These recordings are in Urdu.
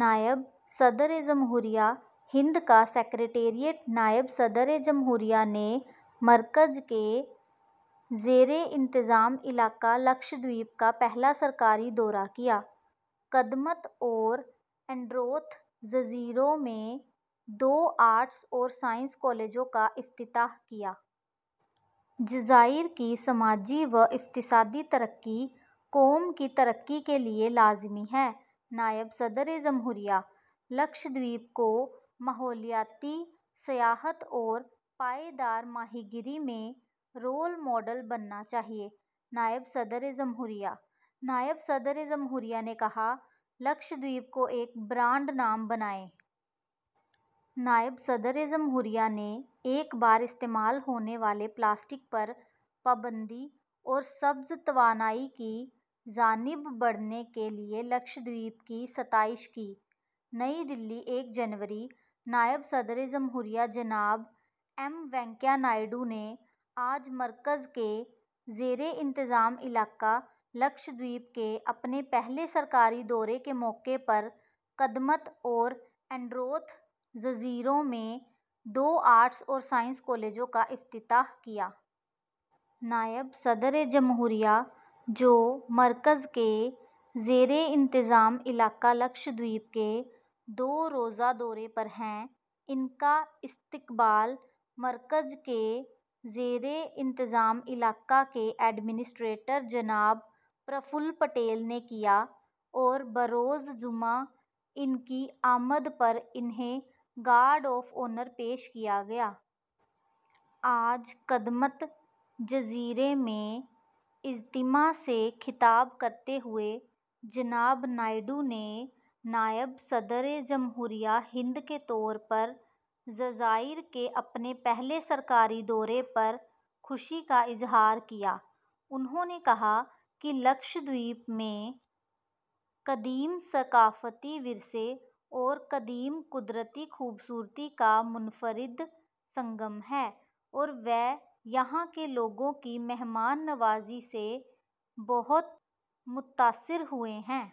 نائب صدرِ جمہوریہ ہند کا سکریٹریٹ نائب صدرِ جمہوریہ نے مرکز کے زیرِ انتظام علاقہ لکشدیپ کا پہلا سرکاری دورہ کیا۔ کدمت اور ایندروتھ جزیروں میں دو آرٹس اور سائنس کالجوں کا افتتاح کیا۔ جزائر کی سماجی و اقتصادی ترقی قوم کی ترقی کے لیے لازمی ہے: نائب صدرِ جمہوریہ۔ لکشدیپ کو ماحولیاتی سیاحت اور پائیدار ماہی گیری میں رول ماڈل بننا چاہیے: نائب صدرِ جمہوریہ۔ نائب صدرِ جمہوریہ نے کہا، ''لکشدیپ کو ایک برانڈ نام بنائیں۔'' نائب صدرِ جمہوریہ نے ایک بار استعمال ہونے والے پلاسٹک پر پابندی اور سبز توانائی کی جانب بڑھنے کے لیے لکشدیپ کی ستائش کی۔ نئی دہلی، یکم جنوری: نائب صدرِ جمہوریہ جناب ایم وینکیا نائیڈو نے آج مرکز کے زیرِ انتظام علاقہ لکشدیپ کے اپنے پہلے سرکاری دورے کے موقع پر کدمت اور ایندروتھ جزیروں میں دو آرٹس اور سائنس کالجوں کا افتتاح کیا۔ نائب صدرِ جمہوریہ، جو مرکز کے زیرِ انتظام علاقہ لکشدیپ کے دو روزہ دورے پر ہیں، ان کا استقبال مرکز کے زیرِ انتظام علاقہ کے ایڈمنسٹریٹر جناب پرفل پٹیل نے کیا اور بروز جمعہ ان کی آمد پر انہیں گارڈ آف آنر پیش کیا گیا۔ آج کدمت جزیرے میں اجتماع سے خطاب کرتے ہوئے جناب نائیڈو نے نائب صدرِ جمہوریہ ہند کے طور پر جزائر کے اپنے پہلے سرکاری دورے پر خوشی کا اظہار کیا۔ انہوں نے کہا کہ لکشدیپ میں ''قدیم ثقافتی ورثے اور قدیم قدرتی خوبصورتی کا منفرد سنگم'' ہے اور وہ یہاں کے لوگوں کی مہمان نوازی سے بہت متاثر ہوئے ہیں۔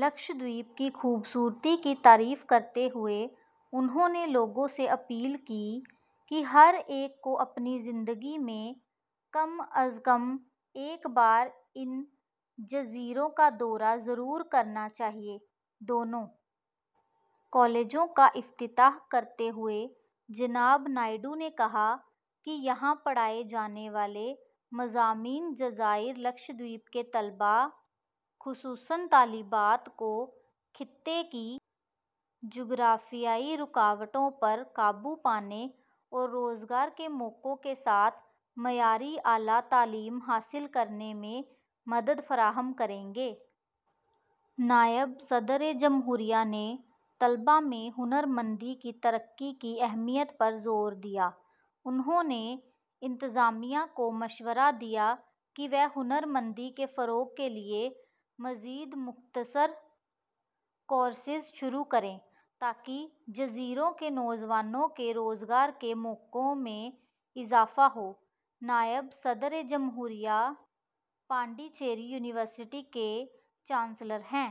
لکشدیپ کی خوبصورتی کی تعریف کرتے ہوئے انہوں نے لوگوں سے اپیل کی کہ ہر ایک کو اپنی زندگی میں کم از کم ایک بار ان جزیروں کا دورہ ضرور کرنا چاہیے۔ دونوں کالجوں کا افتتاح کرتے ہوئے، جناب نائیڈو نے کہا کہ یہاں پڑھائے جانے والے مضامین جزائر لکشدیپ کے طلباء، خصوصاً طالبات، کو خطے کی جغرافیائی رکاوٹوں پر قابو پانے اور روزگار کے مواقع کے ساتھ معیاری اعلیٰ تعلیم حاصل کرنے میں مدد فراہم کریں گے۔ نائب صدرِ جمہوریہ نے طلباء میں ہنر مندی کی ترقی کی اہمیت پر زور دیا۔ انہوں نے انتظامیہ کو مشورہ دیا کہ وہ ہنر مندی کے فروغ کے لیے مزید مختصر کورسز شروع کریں تاکہ جزیروں کے نوجوانوں کے روزگار کے مواقع میں اضافہ ہو۔ نائب صدرِ جمہوریہ پانڈی چیری یونیورسٹی کے چانسلر ہیں۔